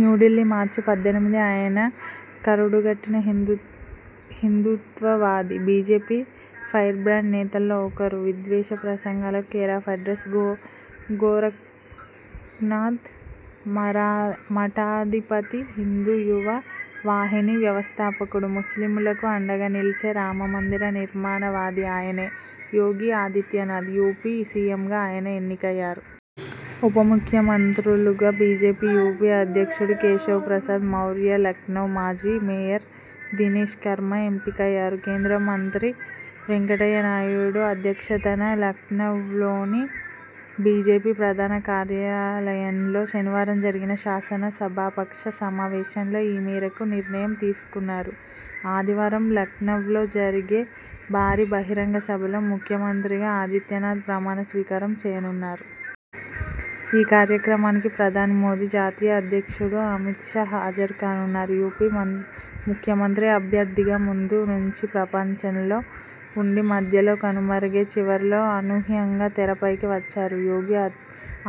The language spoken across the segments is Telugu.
న్యూఢిల్లీ, మార్చి పద్దెనిమిది ఆయన కరడుగట్టినహిందూ హిందూత్వవాది! బీజేపీ ఫైర్బ్రాండ్ నేతల్లో ఒకరు! విద్వేష ప్రసంగాలకు కేరాఫ్ అడ్రస్! గోర గోరఖ్నాథ్ మఠాధిపతి, హిందూ యువ వాహిని వ్యవస్థాపకుడు! ముస్లిములకూ అండగా నిలిచే రామ మందిర నిర్మాణవాది! ఆయనే యోగి ఆదిత్యనాథ్! యూపీ సీఎంగా ఆయన ఎన్నికయ్యారు. ఉప ముఖ్యమంత్రులుగా బీజేపీ యూపీ అధ్యక్షుడు కేశవ్ ప్రసాద్ మౌర్య, లఖ్నవ్ మాజీ మేయర్ దినేశ్ శర్మ ఎంపికయ్యారు. కేంద్ర మంత్రి వెంకట య్య నాయుడు అధ్యక్షతన లఖ్నవ్లోని బీజేపీ ప్రధాన కార్యాలయంలో శనివారం జరిగిన శాసన సభాపక్ష సమావేశంలో ఈమేరకు నిర్ణయం తీసుకున్నారు. ఆదివారం లఖ్నవ్లో జరిగే భారీ బహిరంగ సభలో ముఖ్యమంత్రిగా ఆదిత్యనాథ్ ప్రమాణ స్వీకారం చేయనున్నారు. ఈ కార్యక్రమానికి ప్రధాని మోదీ, జాతీయ అధ్యక్షుడు అమితషా హాజరుకానున్నారు. యూపీ ముఖ్యమంత్రి అభ్యర్థిగా ముందు నుంచీ ప్రపంచలో ఉండి మధ్యలో కనుమరుగై చివర్లో అనూహ్యంగా తెరపైకి వచ్చారు యోగి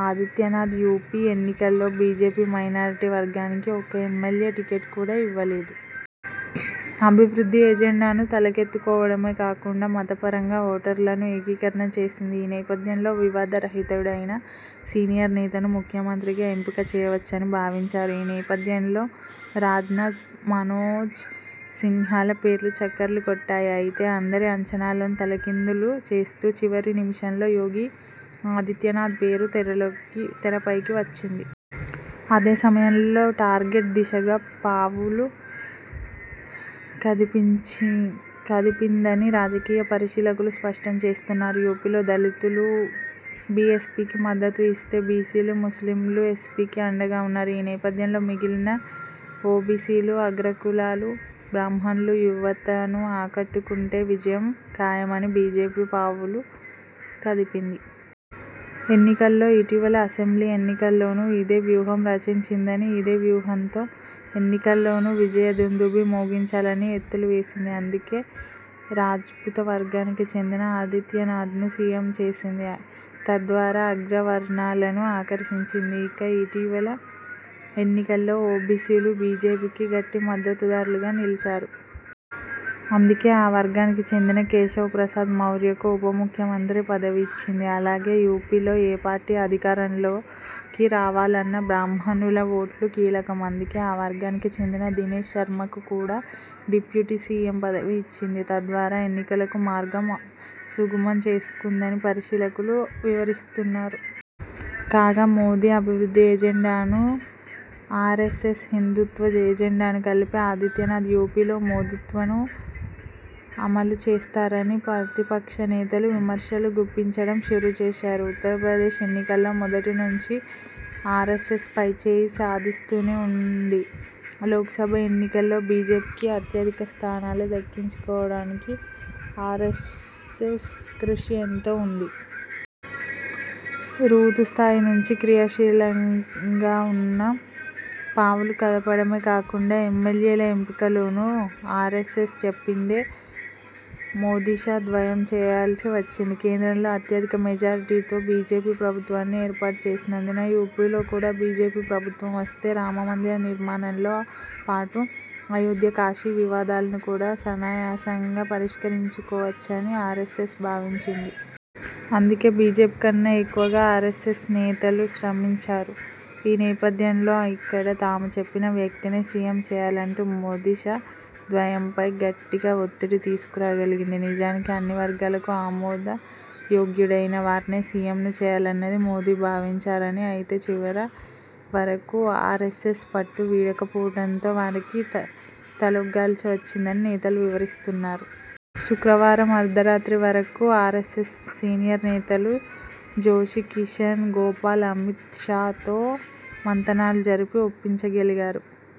ఆదిత్యనాథ్. యూపీ ఎన్నికల్లో బీజేపీ మైనారిటీ వర్గానికి ఒక్క ఎమ్మెల్యే టికెట్ కూడా ఇవ్వలేదు. అభివృద్ధి ఎజెండాను తలకెత్తుకోవడమే కాకుండా మతపరంగా ఓటర్లనూ ఏకీకరణ చేసింది. ఈ నేపథ్యంలో వివాద రహితుడైన సీనియర్ నేతను ముఖ్యమంత్రిగా ఎంపిక చేయవచ్చని భావించారు. ఈ నేపథ్యంలోనే రాజ్నాథ్, మనోజ్ సిన్హాల పేర్లు చక్కర్లు కొట్టాయి. అయితే, అందరి అంచనాలను తలకిందులు చేస్తూ చివరి నిమిషంలో యోగి ఆదిత్యనాథ్ పేరు తెరలోకితెరపైకి వచ్చింది. అదే సమయంలో, 'టార్గెట్ ' దిశగా పావులు కదిపినచ కదిపిందని రాజకీయ పరిశీలకులు స్పష్టం చేస్తున్నారు. యూపీలో దళితులు బీఎస్పీకి మద్దతు ఇస్తే బీసీలు, ముస్లిములు ఎస్పీకి అండగా ఉన్నారు. ఈ నేపథ్యంలో, మిగిలిన ఓబీసీలు, అగ్రకులాలు, బ్రాహ్మణులు, యువతను ఆకట్టుకుంటే విజయం ఖాయమని బీజేపీ పావులు కదిపింది. ఎన్నికల్లో, ఇటీవలి అసెంబ్లీ ఎన్నికల్లోనూ ఇదే వ్యూహం రచించింది. ఇదే వ్యూహంతో ఎన్నికల్లోనూ విజయ దుందుభి మోగించాలని ఎత్తులు వేసింది. అందుకే, రాజ్పుత వర్గానికి చెందిన ఆదిత్యనాథ్ను సీఎం చేసింది. తద్వారా అగ్ర వర్ణాలను ఆకర్షించింది. ఇక, ఇటీవలి ఎన్నికల్లో ఓబీసీలు బీజేపీకి గట్టి మద్దతుదార్లుగా నిలిచారు. అందుకే, ఆ వర్గానికి చెందిన కేశవ్ ప్రసాద్ మౌర్యకు ఉప ముఖ్యమంత్రి పదవి ఇచ్చింది. అలాగే, యూపీలో ఏ పార్టీ అధికారంలోకి రావాలన్నా బ్రాహ్మణుల ఓట్లు కీలకం. అందుకే, ఆ వర్గానికి చెందిన దినేశ్ శర్మకూ కూడా డిప్యూటీ సీఎం పదవి ఇచ్చింది. తద్వారా, ఎన్నికలకు మార్గం సుగమం చేసుకుందని పరిశీలకులు వివరిస్తున్నారు. కాగా, మోదీ అభివృద్ధి ఎజెండాను, ఆర్ఎ్సఎస్ హిందూత్వ ఎజెండాను కలిపి ఆదిత్యనాథ్ యూపీలో 'మోదీత్వ'ను అమలు చేస్తారని ప్రతిపక్ష నేతలు విమర్శలు గుప్పించడం షురూ చేశారు. ఉత్తరప్రదేశ్ ఎన్నికల్లో మొదటి నుంచీ ఆర్ఎస్ఎస్ పైచేయి సాధిస్తూనే ఉంది. లోక్సభ ఎన్నికల్లో బీజేపీకి అత్యధిక స్థానాలు దక్కించుకోవడానికి ఆర్ఎ్సఎస్ కృషి ఎంతో ఉంది. బూతు స్థాయి నుంచి క్రియాశీలంగా ఉన్న పావులు కదపడమే కాకుండా ఎమ్మెల్యేల ఎంపిక లోనూ ఆర్ఎ్సఎస్ చెప్పిందే మోదీషా ద్వయం చేయాల్సి వచ్చింది. కేంద్రంలో అత్యధిక మెజారిటీతో బీజేపీ ప్రభుత్వాన్ని ఏర్పాటు చేసినందున యూపీలో కూడా బీజేపీ ప్రభుత్వం వస్తే రామ మందిర నిర్మాణంలో పాటు అయోధ్య, కాశీ వివాదాలను కూడా సునాయాసంగా పరిష్కరించుకోవచ్చని ఆర్ఎ్సఎస్ భావించింది. అందుకే, బీజేపీకన్నా ఎక్కువగా ఆర్ఎ్సఎస్ నేతలు శ్రమించారు. ఈ నేపథ్యంలోనే, ఇక్కడ తాము చెప్పిన వ్యక్తినే సీఎం చేయాలంటూ మోదీ ,షా ద్వయంపై గట్టిగా ఒత్తిడి తీసుకురాగలిగింది. నిజానికి అన్ని వర్గాలకు ఆమోదయోగ్యుడైన వారినే సీఎంను చేయాలని మోదీ భావించారని, అయితే చివరి వరకూ ఆర్ఎ్సఎస్ పట్టు వీడకపోవడంతో వారికి తలొగ్గాల్సివచ్చిందని నేతలు వివరిస్తున్నారు. శుక్రవారం అర్ధరాత్రి వరకూ ఆర్ఎ్సఎస్ సీనియర్ నేతలు జోషి, కిషన్ గోపాల్ అమిత్ షా తో మంతనాలు జరిపి ఒప్పించగలిగారు.